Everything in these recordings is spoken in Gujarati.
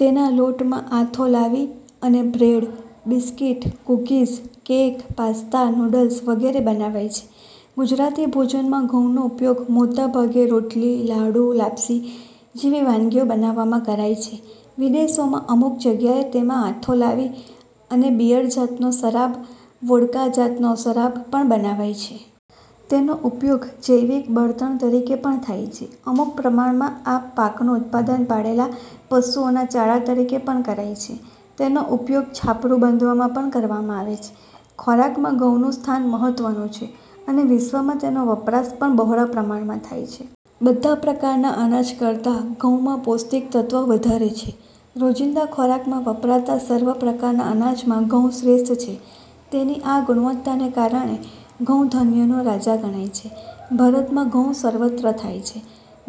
તેના લોટમાં આથો લાવી અને bread, biscuit, cookies, cake, pasta, noodles વગેરે બનાવાય છે. ગુજરાતી ભોજનમાં ઘઉંનો ઉપયોગ મોટા ભાગે રોટલી, લાડુ, લાપસી જેવી વાનગીઓ બનાવવામાં કરાય છે. વિદેશોમાં અમુક જગ્યાએ તેમાં આથો લાવી અને બિયર જાતનો શરાબ, વોડકા જાતનો શરાબ, પણ બનાવાય છે. તેનો ઉપયોગ જૈવિક બળતણ તરીકે પણ થાય છે. અમુક પ્રમાણમાં આ પાકનું ઉત્પાદન પાળેલા પશુઓના ચારા તરીકે પણ કરાય છે. તેનો ઉપયોગ છાપરું બાંધવામાં પણ કરવામાં આવે છે. ખોરાકમાં ઘઉંનું સ્થાન મહત્ત્વનું છે અને વિશ્વમાં તેનો વપરાશ પણ બહોળા પ્રમાણમાં થાય છે. બધા પ્રકારના અનાજ કરતાં ઘઉંમાં પૌષ્ટિક તત્વ વધારે છે. રોજિંદા ખોરાકમાં વપરાતા સર્વ પ્રકારના અનાજમાં ઘઉં શ્રેષ્ઠ છે. તેની આ ગુણવત્તાને કારણે ઘઉં ધાન્યનો રાજા ગણાય છે. ભારતમાં ઘઉં સર્વત્ર થાય છે.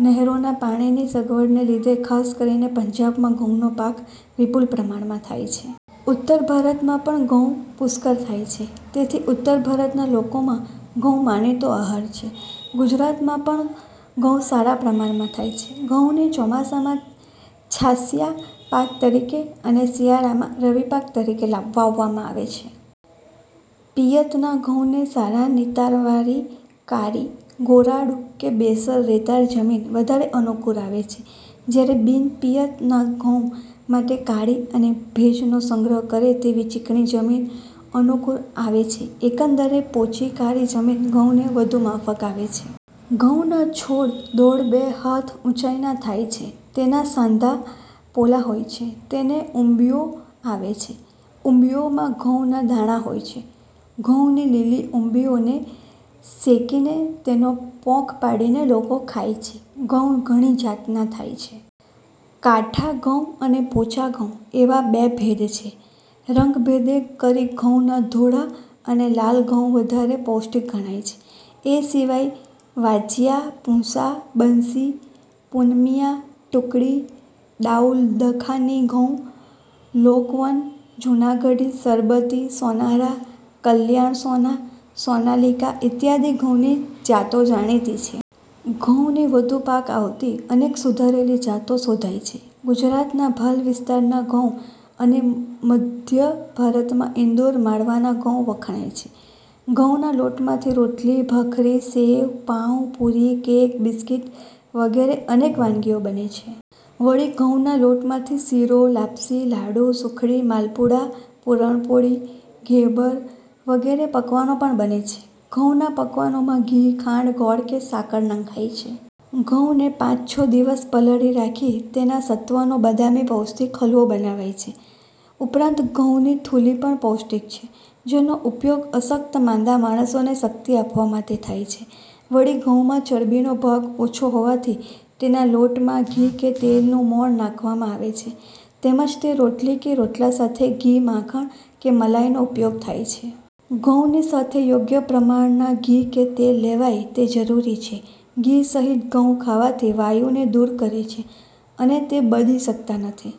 નહેરોના પાણીની સગવડને લીધે ખાસ કરીને પંજાબમાં ઘઉંનો પાક વિપુલ પ્રમાણમાં થાય છે. ઉત્તર ભારતમાં પણ ઘઉં પુષ્કળ થાય છે તેથી ઉત્તર ભારતના લોકોમાં ઘઉં માનીતો આહાર છે. ગુજરાતમાં પણ ઘઉં સારા પ્રમાણમાં થાય છે. ઘઉંને ચોમાસામાં છાશિયા પાક તરીકે અને શિયાળામાં રવિપાક તરીકે વાવવામાં આવે છે. પિયતના ઘઉંને સારા નિતારવાળી કાળી, ગોરાડું કે બેસર રેતાળ જમીન વધારે અનુકૂળ આવે છે, જ્યારે બિન-પિયત ના ઘઉં માટે કાળી અને ભેજનો સંગ્રહ કરે તેવી ચીકણી જમીન અનુકૂળ આવે છે. એકંદરે પોચી કાળી જમીન ઘઉંને વધુ માફક આવે છે. ઘઉંના છોડ દોઢ-બે હાથ ઊંચાઈના થાય છે. તેના સાંઠા પોલા હોય છે. તેને ઉંબીઓ આવે છે. ઉંબીઓમાં ઘઉંના દાણા હોય છે. ઘઉંની લીલી ઉંબીઓને શેકીને તેનો પોંક પાડીને લોકો ખાય છે. ઘઉં ઘણી જાતના થાય છે. કાઠા ઘઉં અને પોચા ઘઉં એવા બે ભેદ છે. રંગભેદે કરી ઘઉંના ધોળા અને લાલ ઘઉં વધારે પૌષ્ટિક ગણાય છે. એ સિવાય વાજિયા, પૂંસા, બન્સી, પૂનમિયા, ટુકડી, દાઉદખાની ઘઉં, લોક વન, જૂનાગઢી, સરબતી, સોનારા, કલ્યાણ સોના, સોનાલીકા ઈત્યાદિ ઘઉંની જાતો જાણીતી છે. ઘઉંની વધુ પાક આપતી અનેક સુધારેલી જાતો શોધાઈ છે. ગુજરાતના ભાલ વિસ્તારના ઘઉં અને મધ્ય ભારતમાં ઇન્દૌર માળવાના ઘઉં વખણાય છે. ઘઉંના લોટમાંથી રોટલી, ભાખરી, સેવ, પાઉં, પૂરી, કેક, બિસ્કીટ વગેરે અનેક વાનગીઓ બને છે. વળી ઘઉંના લોટમાંથી શીરો, લાપશી, લાડુ, સુખડી, માલપુડા, પૂરણ પોળી, ઘેબર વગેરે પકવાનો પણ બને છે. ઘઉના પકવાનોમાં ઘી, ખાંડ, ગોળ કે સાકર નંખાય છે. ઘઉંને પાંચ-છ દિવસ પલાળી રાખી તેના સત્વનો બદામી પૌષ્ટિક હલવો બનાવાય છે. ઉપરાંત ઘઉંની થૂલી પણ પૌષ્ટિક છે. જેનો ઉપયોગ અશક્ત- માંદા માણસોને શક્તિ આપવા માટે થાય છે. વળી ઘઉંમાં ચરબીનો ભાગ ઓછો હોવાથી તેના લોટમાં ઘી કે તેલનું મોંણ નાખવામાં આવે છે તેમજ તે રોટલી કે રોટલા સાથે ઘી, માખણ કે મલાઈનો ઉપયોગ થાય છે. ઘઉંની સાથે યોગ્ય પ્રમાણના ઘી કે તેલ લેવાય તે જરૂરી છે. ઘી સહિત ઘઉં ખાવાથી વાયુ ને દૂર કરે છે અને તે બદી કરતા નથી.